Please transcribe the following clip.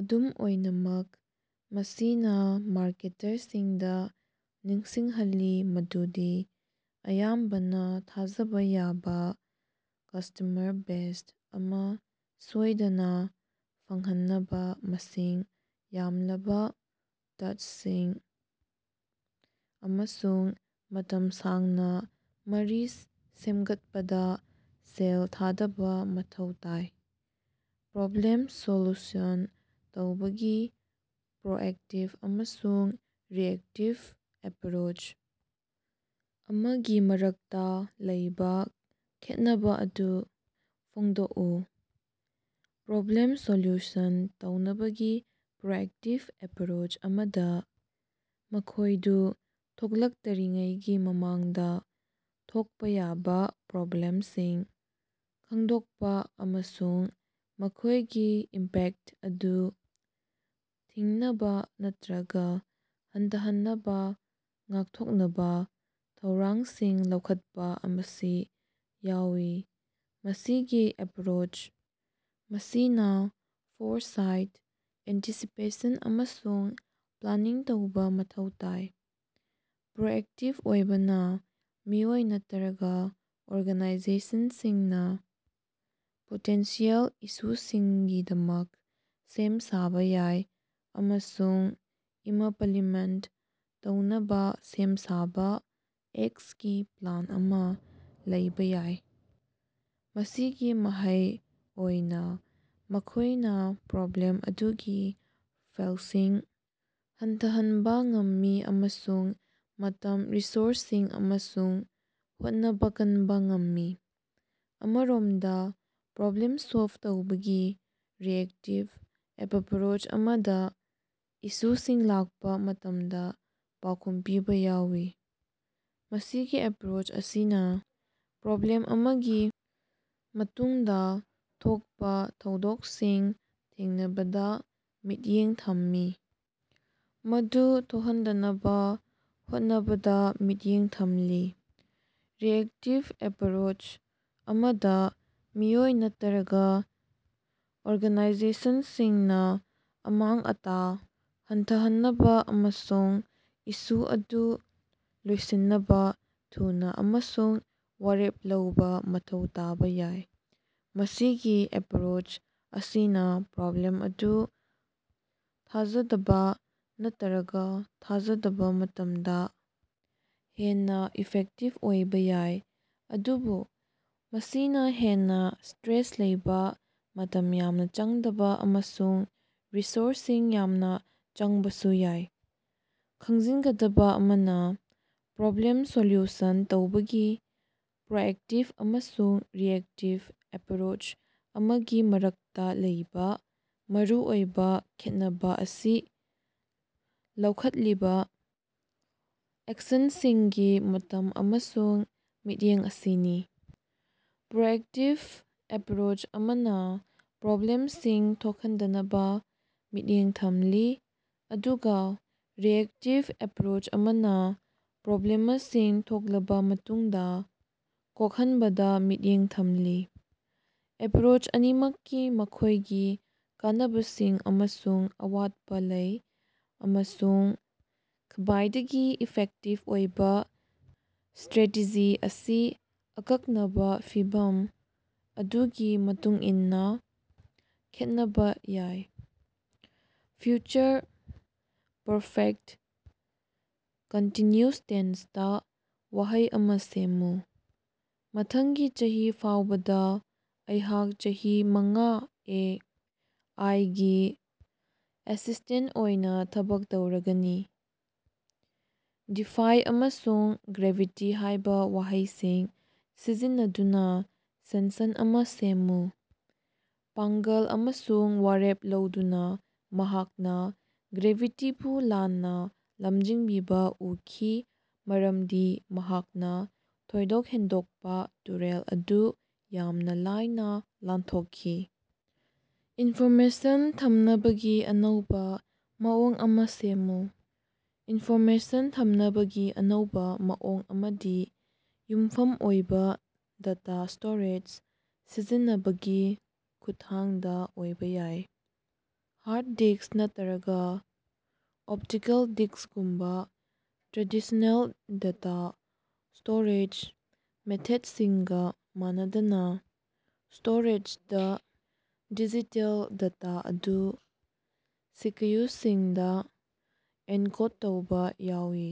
ꯑꯗꯨꯝ ꯑꯣꯏꯅꯃꯛ, ꯃꯁꯤꯅ ꯃꯥꯔꯀꯦꯇꯔꯁꯤꯡꯗ ꯅꯤꯡꯁꯤꯡꯍꯜꯂꯤ ꯃꯗꯨꯗꯤ ꯑꯌꯥꯝꯕꯅ ꯊꯥꯖꯕ ꯌꯥꯕ ꯀꯁ꯭ꯇꯃꯔ ꯕꯦꯖ ꯑꯃ ꯁꯣꯏꯗꯅꯥ ꯐꯪꯍꯟꯅꯕꯥ ꯃꯁꯤꯡ ꯌꯥꯝꯂꯕ ꯇꯆꯁꯤꯡ ꯑꯃꯁꯨꯡ ꯃꯇꯝ ꯁꯥꯡꯅ ꯃꯔꯤ ꯁꯦꯝꯒꯠꯄꯗꯥ ꯁꯦꯜ ꯊꯥꯗꯕ ꯃꯊꯧ ꯇꯥꯏ꯫ ꯄ꯭ꯔꯣꯕ꯭ꯂꯦꯝ ꯁꯣꯜꯌꯨꯁꯟ ꯇꯧꯕꯒꯤ ꯄ꯭ꯔꯣꯑꯦꯛꯇꯤꯚ ꯑꯃꯁꯨꯡ ꯔꯤꯑꯦꯛꯇꯤꯚ ꯑꯦꯄꯔꯣꯆ ꯑꯃꯒꯤ ꯃꯔꯛꯇꯥ ꯂꯩꯕ ꯈꯦꯠꯅꯕꯥ ꯑꯗꯨ ꯐꯣꯡꯗꯣꯛꯎ꯫ ꯄ꯭ꯔꯣꯕ꯭ꯂꯦꯝ ꯁꯣꯂꯌꯨꯁꯟ ꯇꯧꯅꯕꯒꯤ ꯄ꯭ꯔꯣꯑꯦꯛꯇꯤꯚ ꯑꯦꯄꯔꯣꯆ ꯑꯃꯗ, ꯃꯈꯣꯏꯗꯨ ꯊꯣꯛꯂꯛꯇꯔꯤꯉꯩꯒꯤ ꯃꯃꯥꯡꯗ ꯊꯣꯛꯄꯥ ꯌꯥꯕ ꯄ꯭ꯔꯣꯕ꯭ꯂꯦꯝꯁꯤꯡ ꯈꯪꯗꯣꯛꯄꯥ ꯑꯃꯁꯨꯡ ꯃꯈꯣꯏꯒꯤ ꯏꯝꯄꯦꯛꯇ ꯑꯗꯨ ꯊꯤꯡꯅꯕꯥ ꯅꯠꯇꯔꯒ ꯍꯟꯊꯍꯟꯅꯕꯥ ꯉꯥꯛꯊꯣꯛꯅꯕꯥ ꯊꯧꯔꯥꯡꯁꯤꯡ ꯂꯧꯈꯠꯄꯥ ꯑꯁꯤ ꯌꯥꯎꯏ꯫ ꯃꯁꯤꯒꯤ ꯑꯦꯄꯔꯣꯆ ꯑꯁꯤꯅ ꯐꯣꯔꯁꯥꯏꯠ, ꯑꯦꯟꯇꯤꯁꯤꯄꯦꯁꯟ ꯑꯃꯁꯨꯡ ꯄ꯭ꯂꯥꯅꯤꯡ ꯇꯧꯕ ꯃꯊꯧ ꯇꯥꯏ꯫ ꯄ꯭ꯔꯣꯑꯦꯛꯇꯤꯚ ꯑꯣꯏꯕꯅ, ꯃꯤꯑꯣꯏ ꯅꯠꯇꯔꯒ ꯑꯣꯔꯒꯥꯅꯥꯏꯖꯦꯁꯟꯁꯤꯡꯅ ꯄꯣꯇꯦꯟꯁꯤꯑꯦꯜ ꯏꯁꯨꯁꯤꯡꯒꯤꯗꯃꯛ ꯁꯦꯝ-ꯁꯥꯕ ꯌꯥꯏ ꯑꯃꯁꯨꯡ ꯏꯃꯄꯂꯤꯃꯦꯟꯇ ꯇꯧꯅꯕꯥ ꯁꯦꯝ-ꯁꯥꯕ ꯑꯦꯛꯁꯒꯤ ꯄ꯭ꯂꯥꯟ ꯑꯃ ꯂꯩꯕ ꯌꯥꯏ꯫ ꯃꯁꯤꯒꯤ ꯃꯍꯩ ꯑꯣꯏꯅ ꯃꯈꯣꯏꯅꯥ ꯄ꯭ꯔꯣꯕ꯭ꯂꯦꯝ ꯑꯗꯨꯒꯤ ꯐꯦꯜꯁꯤꯡ ꯍꯟꯊꯍꯟꯕꯥ ꯉꯝꯃꯤ ꯑꯃꯁꯨꯡ ꯃꯇꯝ, ꯔꯤꯁꯣꯔꯁꯁꯤꯡ ꯑꯃꯁꯨꯡ ꯍꯣꯠꯅꯕꯥ ꯀꯟꯕꯥ ꯉꯝꯃꯤ꯫ ꯑꯃꯔꯣꯝꯗꯥ, ꯄ꯭ꯔꯣꯕ꯭ꯂꯦꯝ ꯁꯣꯜꯕ ꯇꯧꯕꯒꯤ ꯔꯤꯑꯦꯛꯇꯤꯕ ꯑꯦꯄꯄꯔꯣꯆ ꯑꯃꯗ ꯏꯁꯨꯁꯤꯡ ꯂꯥꯛꯄꯥ ꯃꯇꯝꯗ ꯄꯥꯎꯈꯨꯝ ꯄꯤꯕ ꯌꯥꯎꯏ꯫ ꯃꯁꯤꯒꯤ ꯑꯦꯄꯔꯣꯆ ꯑꯁꯤꯅ ꯄ꯭ꯔꯣꯕ꯭ꯂꯦꯝ ꯑꯃꯒꯤ ꯃꯇꯨꯡꯗꯥ ꯊꯣꯛꯄꯥ ꯊꯧꯗꯣꯛꯁꯤꯡ ꯊꯦꯡꯅꯕꯗꯥ ꯃꯤꯠꯌꯦꯡ ꯊꯝꯃꯤ, ꯃꯗꯨ ꯊꯣꯍꯟꯗꯅꯕꯥ ꯍꯣꯠꯅꯕꯗꯥ ꯃꯤꯠꯌꯦꯡ ꯊꯝꯂꯤ꯫ ꯔꯤꯑꯦꯛꯇꯤꯚ ꯑꯦꯄꯔꯣꯆ ꯑꯃꯗ, ꯃꯤꯑꯣꯏ ꯅꯠꯇꯔꯒ ꯑꯣꯔꯒꯥꯅꯥꯏꯖꯦꯁꯟꯁꯤꯡꯅ ꯑꯃꯥꯡ-ꯑꯇꯥ ꯍꯟꯊꯍꯟꯅꯕꯥ ꯑꯃꯁꯨꯡ ꯏꯁꯨ ꯑꯗꯨ ꯂꯣꯏꯁꯤꯟꯅꯕꯥ ꯊꯨꯅꯥ ꯑꯃꯁꯨꯡ ꯋꯥꯔꯦꯞ ꯂꯧꯕ ꯃꯊꯧ ꯇꯥꯕ ꯌꯥꯏ꯫ ꯃꯁꯤꯒꯤ ꯑꯦꯄꯔꯣꯆ ꯑꯁꯤꯅ ꯄ꯭ꯔꯣꯕ꯭ꯂꯦꯝ ꯑꯗꯨ ꯊꯥꯖꯗꯕꯥ ꯅꯠꯇꯔꯒ ꯊꯥꯖꯗꯕ ꯃꯇꯝꯗꯥ ꯍꯦꯟꯅ ꯏꯐꯦꯛꯇꯤꯚ ꯑꯣꯏꯕ ꯌꯥꯏ, ꯑꯗꯨꯕꯨ ꯃꯁꯤꯅ ꯍꯦꯟꯅꯥ ꯁ꯭ꯇꯔꯦꯁ ꯂꯩꯕ, ꯃꯇꯝ ꯌꯥꯝꯅ ꯆꯪꯗꯕ ꯑꯃꯁꯨꯡ ꯔꯤꯁꯣꯔꯁꯁꯤꯡ ꯌꯥꯝꯅ ꯆꯪꯕꯁꯨ ꯌꯥꯏ꯫ ꯈꯪꯖꯤꯟꯒꯗꯕꯥ ꯑꯃꯅ, ꯄ꯭ꯔꯣꯕ꯭ꯂꯦꯝ ꯁꯣꯂꯌꯨꯁꯟ ꯇꯧꯕꯒꯤ ꯄ꯭ꯔꯣꯑꯦꯛꯇꯤꯚ ꯑꯃꯁꯨꯡ ꯔꯤꯑꯦꯛꯇꯤꯚ ꯑꯦꯄꯔꯣꯆ ꯑꯃꯒꯤ ꯃꯔꯛꯇ ꯂꯩꯕ ꯃꯔꯨꯑꯣꯏꯕ ꯈꯦꯠꯅꯕꯥ ꯑꯁꯤ ꯂꯧꯈꯠꯂꯤꯕ ꯑꯦꯛꯁꯟꯁꯤꯡꯒꯤ ꯃꯇꯝ ꯑꯃꯁꯨꯡ ꯃꯤꯠꯌꯦꯡ ꯑꯁꯤꯅꯤ꯫ ꯄ꯭ꯔꯣꯑꯦꯛꯇꯤꯕ ꯑꯦꯞꯄꯔꯣꯆ ꯑꯃꯅ ꯄ꯭ꯔꯣꯕ꯭ꯂꯦꯝꯁꯤꯡ ꯊꯣꯈꯟꯗꯅꯕꯥ ꯃꯤꯠꯌꯦꯡ ꯊꯝꯂꯤ, ꯑꯗꯨꯒꯥ ꯔꯤꯑꯦꯛꯇꯤꯕ ꯑꯦꯞꯔꯣꯆ ꯑꯃꯅ ꯄ꯭ꯔꯣꯕ꯭ꯂꯦꯃꯁꯤꯡ ꯊꯣꯛꯂꯕꯥ ꯃꯇꯨꯡꯗꯥ ꯀꯣꯛꯍꯟꯕꯗꯥ ꯃꯤꯠꯌꯦꯡ ꯊꯝꯂꯤ꯫ ꯑꯦꯄꯔꯣꯆ ꯑꯅꯤꯃꯛꯀꯤ ꯃꯈꯣꯏꯒꯤ ꯀꯥꯟꯅꯕꯁꯤꯡ ꯑꯃꯁꯨꯡ ꯑꯋꯥꯠꯄ ꯂꯩ, ꯑꯃꯁꯨꯡ ꯈ꯭ꯕꯥꯏꯗꯒꯤ ꯏꯐꯦꯛꯇꯤꯚ ꯑꯣꯏꯕ ꯁ꯭ꯇꯔꯦꯇꯤꯖꯤ ꯑꯁꯤ ꯑꯀꯛꯅꯕꯥ ꯐꯤꯚꯝ ꯑꯗꯨꯒꯤ ꯃꯇꯨꯡꯏꯟꯅꯥ ꯈꯦꯠꯅꯕꯥ ꯌꯥꯏ꯫ ꯐ꯭ꯌꯨꯆꯔ ꯄꯔꯐꯦꯛꯇ ꯀꯟꯇꯤꯟꯌꯨꯁ ꯇꯦꯟꯁꯇꯥ ꯋꯥꯍꯩ ꯑꯃ ꯁꯦꯝꯃꯨ꯫ ꯃꯊꯪꯒꯤ ꯆꯍꯤ ꯐꯥꯎꯕꯗꯥ ꯑꯩꯍꯥꯛ ꯆꯍꯤ ꯃꯉꯥ ꯑꯦ. ꯑꯥꯏ. ꯒꯤ ꯑꯦꯁꯤꯁ꯭ꯇꯦꯟꯇ ꯑꯣꯏꯅ ꯊꯕꯛ ꯇꯧꯔꯒꯅꯤ꯫। "ꯗꯤꯐꯥꯏ" ꯑꯃꯁꯨꯡ "ꯒ꯭ꯔꯦꯚꯤꯇꯤ" ꯍꯥꯏꯕ ꯋꯥꯍꯩꯁꯤꯡ ꯁꯤꯖꯤꯟꯅꯗꯨꯅ ꯁꯦꯟꯁꯟ ꯑꯃ ꯁꯦꯝꯃꯨ? ꯄꯥꯡꯒꯜ ꯑꯃꯁꯨꯡ ꯋꯥꯔꯦꯞ ꯂꯧꯗꯨꯅ ꯃꯍꯥꯛꯅ ꯒ꯭ꯔꯦꯚꯤꯇꯤꯕꯨ ꯂꯥꯟꯅ ꯂꯝꯖꯤꯡꯕꯤꯕ ꯎꯈꯤ ꯃꯔꯝꯗꯤ ꯃꯍꯥꯛꯅ ꯊꯣꯏꯗꯣꯛ ꯍꯦꯟꯗꯣꯛꯄꯥ ꯇꯨꯔꯦꯜ ꯑꯗꯨ ꯌꯥꯝꯅ ꯂꯥꯏꯅ ꯂꯥꯟꯊꯣꯛꯈꯤ꯫ ꯏꯟꯐꯣꯔꯃꯦꯁꯟ ꯊꯝꯅꯕꯒꯤ ꯑꯅꯧꯕ ꯃꯑꯣꯡ ꯑꯃ ꯁꯦꯝꯃꯨ꯫ ꯏꯟꯐꯣꯔꯃꯦꯁꯟ ꯊꯝꯅꯕꯒꯤ ꯑꯅꯧꯕ ꯃꯑꯣꯡ ꯑꯃꯗꯤ ꯌꯨꯝꯐꯝ ꯑꯣꯏꯕ ꯗꯇꯥ ꯁ꯭ꯇꯣꯔꯦꯖ ꯁꯤꯖꯤꯟꯅꯕꯒꯤ ꯈꯨꯠꯊꯥꯡꯗ ꯑꯣꯏꯕ ꯌꯥꯏ꯫ ꯍꯥꯔꯗ ꯗꯤꯛꯁ ꯅꯠꯇꯔꯒ ꯑꯣꯞꯇꯤꯀꯦꯜ ꯗꯤꯛꯁꯒꯨꯝꯕꯥ ꯇ꯭ꯔꯦꯗꯤꯁꯅꯦꯜ ꯗꯇꯥ ꯁ꯭ꯇꯣꯔꯦꯖ ꯃꯦꯊꯦꯠꯁꯤꯡꯒ ꯃꯥꯟꯅꯗꯅ, ꯁ꯭ꯇꯣꯔꯦꯖꯗ ꯗꯤꯖꯤꯇꯦꯜ ꯗꯇꯥ ꯑꯗꯨ ꯁꯤꯀ꯭ꯌꯨꯁꯁꯤꯡꯗꯥ ꯑꯦꯟꯀꯣꯗ ꯇꯧꯕ ꯌꯥꯎꯏ꯫